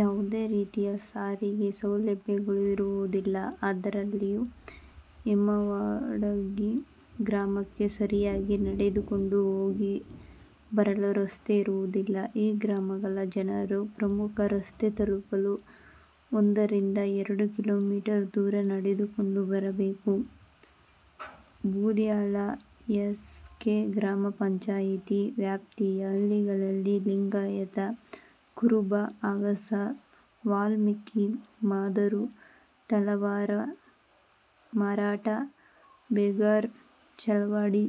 ಯಾವುದೇ ರೀತಿಯ ಸಾರಿಗೆ ಸೌಲಭ್ಯಗಳು ಇರುವುದಿಲ್ಲ. ಅದರಲ್ಲಿಯೂ ಹೇಮವಾಡಗಿ ಗ್ರಾಮಕ್ಕೆ ಸರಿಯಾಗಿ ನಡೆದುಕೊಂಡು ಹೋಗಿ ಬರಲು ರಸ್ತೆ ಇರುವುದಿಲ್ಲ. ಈ ಗ್ರಾಮಗಳ ಜನರು ಪ್ರಮುಖ ರಸ್ತೆ ತಲುಪಲು ಒಂದರಿಂದ ಎರಡು ಕಿಲೋ ಮೀಟರ್ ದೂರ ನಡೆದುಕೊಂಡು ಬರಬೇಕು. ಬೂದಿಹಾಳ ಎಸ್. ಕೆ. ಗ್ರಾಮಪಂಚಾಯತಿ ವ್ಯಾಪ್ತಿಯ ಹಳ್ಳಿಗಳಲ್ಲಿ ಲಿಂಗಾಯತ ಕುರುಬ, ಅಗಸ, ವಾಲ್ಮೀಕಿ, ಮಾದರು, ತಳವಾರ, ಮರಾಠ, ಬೇಗಾರ್, ಚಲವಾದಿ,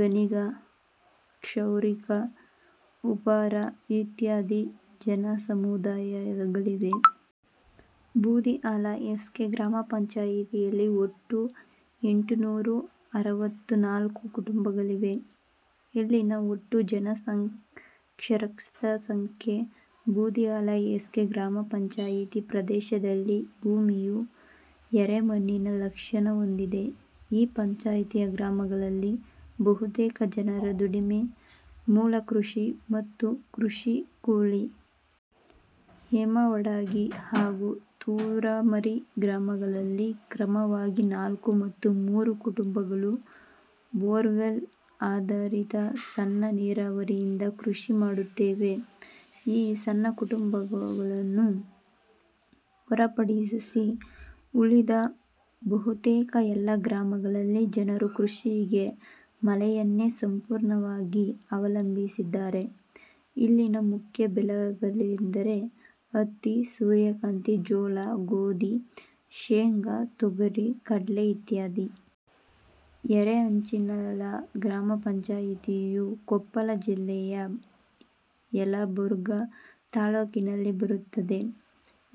ಗಾಣಿಗ, ಕ್ಷೌರಿಕ, ಉಪ್ಪಾರ ಇತ್ಯಾದಿ ಜನಸಮುದಾಯಗಳಿವೆ. ಬೂದಿಹಾಳ ಎಸ್. ಕೆ. ಗ್ರಾಮಪಂಚಾಯತಿಯಲ್ಲಿ ಒಟ್ಟು ಎಂಟುನುರ ಅರವತ್ತ ನಾಲ್ಕು ಕುಟುಂಬಗಳಿವೆ. ಇಲ್ಲಿನ ಒಟ್ಟು ಅನಕ್ಷರಸ್ಥರ ಸಂಖ್ಯೆ. ಬೂದಿಹಾಳ ಎಸ್. ಕೆ. ಗ್ರಾಮಪಂಚಾಯತಿ ಪ್ರದೇಶದಲ್ಲಿ ಭೂಮಿಯು ಯರೇಮಣ್ಣಿನ ಲಕ್ಷಣ ಹೊಂದಿದೆ. ಈ ಪಂಚಾಯತಿಯ ಗ್ರಾಮಗಳಲ್ಲಿ ಬಹುತೇಕ ಜನರ ದುಡಿಮೆಯೆ ಮೂಲ ಕೃಷಿ ಮತ್ತು ಕೃಷಿ ಕೂಲಿ. ಹೇಮವಾಡಗಿ ಹಾಗೂ ತೂರಮರಿ ಗ್ರಾಮಗಳಲ್ಲಿ ಕ್ರಮವಾಗಿ ನಾಲ್ಕು ಮತ್ತು ಮೂರು ಕುಟುಂಬಗಳು ಬೋರ್ವೇಲ್ ಆಧಾರಿತ ಸಣ್ಣ ನೀರಾವರಿಯಿಂದ ಕೃಷಿ ಮಾಡುತ್ತಿವೆ. ಈ ಕುಟುಂಬಗಳನ್ನು ಹೊರತುಪಡಿಸಿ ಉಳಿದ ಬಹುತೇಕ ಎಲ್ಲಾ ಗ್ರಾಮಗಳಲ್ಲಿ ಜನರು ಕೃಷಿಗೆ ಮಳೆಯನ್ನೆ ಸಂಪೂರ್ಣವಾಗಿ ಅವಲಂಬಿಸಿದ್ದಾರೆ. ಇಲ್ಲಿನ ಮುಖ್ಯ ಬೆಳೆಗಳೆಂದರೆ, ಹತ್ತಿ, ಸೂರ್ಯಕಾಂತಿ, ಜೋಳ, ಗೋಧಿ, ಶೇಂಗಾ, ತೊಗರಿ, ಕಡ್ಲೆ ಇತ್ಯಾದಿ. ಯರೇಹಂಚಿನಾಳ ಗ್ರಾಮಪಂಚಾಯತಿಯು ಕೊಪ್ಪಳ ಜಿಲ್ಲೆಯ ಯಲಬುರ್ಗಾ ತಾಲ್ಲೂಕಿನಲ್ಲಿ ಬರುತ್ತದೆ.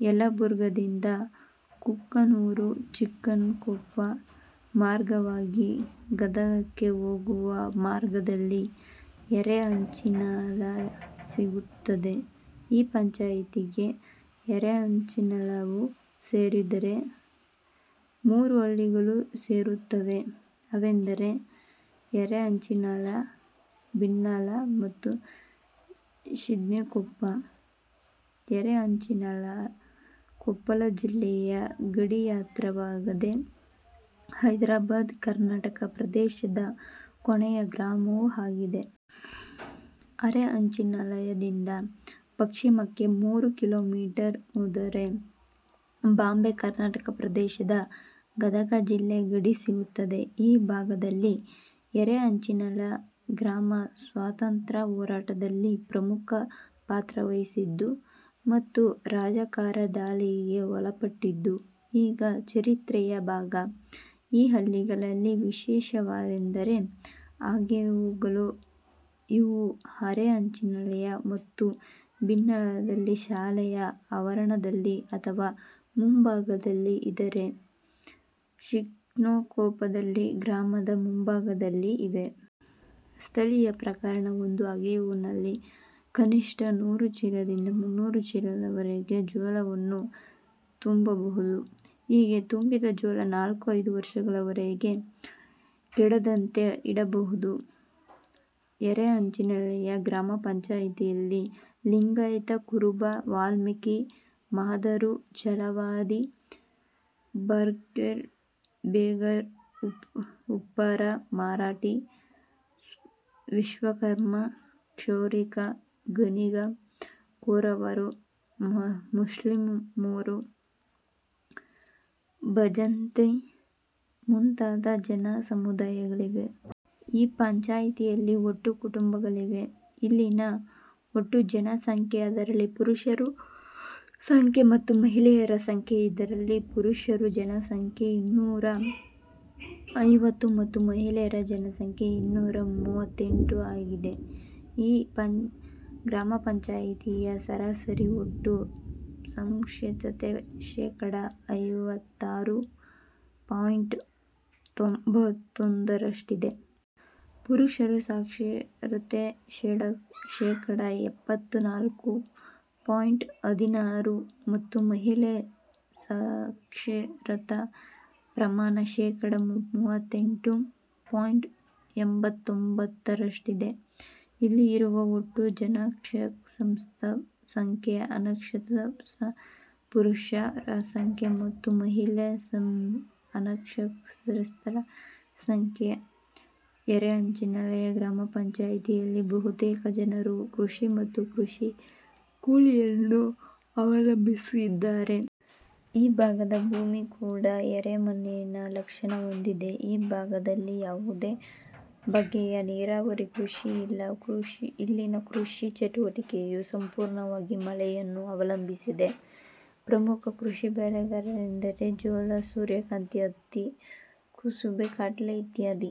ಯಲಬುರ್ಗಾದಿಂದ ಕೂಕನೂರು, ಚಿಕ್ಕನಕೊಪ್ಪ ಮಾರ್ಗವಾಗಿ ಗದಗಕ್ಕೆ ಹೋಗುವ ಮಾರ್ಗದಲ್ಲಿ ಯರೇಹಂಚಿನಾಳ ಸಿಗುತ್ತದೆ. ಈ ಪಂಚಾಯತಿಗೆ ಯರೇಹಂಚಿನಾಳವು ಸೇರಿದಂತೆ ಮೂರು ಹಳ್ಳಿಗಳು ಸೇರುತ್ತವೆ. ಅವೆಂದರೆ ಯರೇಹಂಚಿನಾಳ, ಭಿನ್ನಾಳ ಮತ್ತು ಶಿದ್ನೇಕೊಪ್ಪ, ಯರೇಹಂಚಿನಾಳ ಕೊಪ್ಪಳ ಜಿಲ್ಲೆಯ ಗಡಿಮಾತ್ರವಾಗದೆ ಹೈದ್ರಾಬಾದ್ ಕರ್ನಾಟಕ ಪ್ರದೇಶದ ಕೊನೆಯ ಗ್ರಾಮವೂ ಆಗಿದೆ. ಯರೇಹಂಚಿನಾಳದಿಂದ ಪಶ್ಚಿಮಕ್ಕೆ ಮೂರು ಕಿಲೋ ಮೀಟರ್ ಹೋದರೆ ಬಾಂಬೆ ಕರ್ನಾಟಕ ಪ್ರದೇಶದ ಗದಗ ಜಿಲ್ಲೆ ಗಡಿ ಸಿಗುತ್ತದೆ. ಈ ಭಾಗದಲ್ಲಿ ಯರೇಹಂಚಿನಾಳ ಗ್ರಾಮ ಸ್ವತಂತ್ರ ಹೋರಾಟದಲ್ಲಿ ಪ್ರಮುಖ ಪಾತ್ರವಹಿಸಿದ್ದು ಮತ್ತು ರಜಾಕರ ದಾಳಿಗೆ ಒಳಪಟ್ಟಿದ್ದು ಈಗ ಚರಿತ್ರೆಯ ಭಾಗ. ಈ ಹಳ್ಳಿಗಳಲ್ಲಿ ವಿಶೇಷವೆಂದರೆ ಅಗೇವುಗಳು. ಇವು ಯರೇಹಂಚಿನಾಳ ಮತ್ತು ಭಿನ್ನಾಳದಲ್ಲಿ ಶಾಲೆಯ ಆವರಣದಲ್ಲಿ ಅಥವಾ ಮುಂಭಾಗದಲ್ಲಿ ಇದ್ದರೆ, ಶಿದ್ನೇಕೊಪ್ಪದಲ್ಲಿ ಗ್ರಾಮದ ಮುಂಭಾಗದಲ್ಲಿ ಇವೆ. ಸ್ಥಳೀಯರ ಪ್ರಕಾರ ಒಂದು ಅಗೇವುನಲ್ಲಿ ಕನಿಷ್ಟ ನೂರು ಚೀಲದಿಂದ ಮುನ್ನೂರು ಚೀಲದವರೆಗೆ ಜೋಳವನ್ನು ತುಂಬಬಹುದು. ಹೀಗೆ ತುಂಬಿದ ಜೋಳ ನಾಲ್ಕು, ಐದು ವರ್ಷಗಳವರೆಗೆ ಕೆಡದಂತೆ ಇಡಬಹುದು. ಯರೇಹಂಚಿನಾಳ ಗ್ರಾಮಪಂಚಾಯತಿಯಲ್ಲಿ ಲಿಂಗಾಯತ ಕುರುಬ, ವಾಲ್ಮೀಕಿ, ಮಾದರು, ಚಲವಾದಿ, ಬಾರ್ಕೇರ್, ಬೇಗಾರ್, ಉಪ್ಪಾರ, ಮರಾಠಿ, ವಿಶ್ವಕರ್ಮ, ಕ್ಷೌರಿಕ, ಗಾಣಿಗ, ಕೊರವರು, ಮುಸ್ಲಿಮರು, ಬಜಂತ್ರಿ ಮುಂತಾದ ಜನ ಸಮುದಾಯಗಳಿವೆ. ಈ ಪಂಚಾಯತಿಯಲ್ಲಿ ಒಟ್ಟು ಕುಟುಂಬಗಳಿವೆ. ಇಲ್ಲಿನ ಒಟ್ಟು ಜನಸಂಖ್ಯೆ. ಇದರಲ್ಲಿ ಪುರುಷರ ಸಂಖ್ಯೆ ಮತ್ತು ಮಹಿಳೆಯರ ಸಂಖ್ಯೆ. ಇದರಲ್ಲಿ ಪುರುಷರ ಜನಸಂಖ್ಯೆ ಇನ್ನೂರ ಐವತ್ತು ಮತ್ತು ಮಹಿಳೆಯರ ಜನಸಂಖ್ಯೆ ಇನ್ನೂರ ಮೂವತ್ತೆಂಟು ಆಗಿದೆ. ಈ ಗ್ರಾಮಪಂಚಾಯತಿಯ ಸರಾಸರಿ ಒಟ್ಟು ಸಾಕ್ಷರತೆ ಶೇಕಡ ಐವತ್ತಾರು ಪಾಯಿಂಟ್ ತೊಂಭತ್ತೊಂದರಷ್ಟಿದೆ. ಪುರುಷರ ಸಾಕ್ಷರತೆ ಶೇಕಡ ಎಪ್ಪತ್ತ ನಾಲ್ಕು ಪಾಯಿಂಟ್ ಹದಿನಾರು ಮತ್ತು ಮಹಿಳಾ ಸಾಕ್ಷರತಾ ಪ್ರಮಾಣ ಶೇಕಡ ಮೂವತ್ತೆಂಟು ಪಾಯಿಂಟ್ ಎಂಭತ್ತೊಂಭತ್ತರಷ್ಟಿದೆ ಇಲ್ಲಿ ಇರುವ ಒಟ್ಟು ಅನಕ್ಷರಸ್ಥರ ಸಂಖ್ಯೆ ಅನಕ್ಷರಸ್ಥ ಪುರುಷರ ಸಂಖ್ಯೆ ಮತ್ತು ಮಹಿಳಾ ಅನಕ್ಷರಸ್ಥರ ಸಂಖ್ಯೆ. ಯರೇಹಂಚಿನಾಳ ಗ್ರಾಮಪಂಚಾಯತಿಯಲ್ಲಿ ಬಹುತೇಕ ಜನರು ಕೃಷಿ ಮತ್ತು ಕೃಷಿ ಕೂಲಿಯನ್ನು ಅವಲಂಬಿಸಿದ್ದಾರೆ. ಈ ಭಾಗದ ಭೂಮಿ ಕೂಡ ಯರೇಮಣ್ಣಿನ ಲಕ್ಷಣ ಹೊಂದಿದೆ. ಈ ಭಾಗದಲ್ಲಿ ಯಾವುದೇ ಬಗೆಯ ನೀರಾವರಿ ಕೃಷಿ ಇಲ್ಲ. ಇಲ್ಲಿನ ಕೃಷಿ ಚಟುವಟಿಕೆಯು ಸಂಪೂರ್ಣವಾಗಿ ಮಳೆಯನ್ನು ಅವಲಂಬಿಸಿದೆ. ಪ್ರಮುಖ ಕೃಷಿ ಬೆಳೆಯೆಂದರೆ ಜೋಳ, ಸೂರ್ಯಕಾಂತಿ, ಹತ್ತಿ, ಕುಸುಬೆ, ಕಡ್ಲೆ ಇತ್ಯಾದಿ.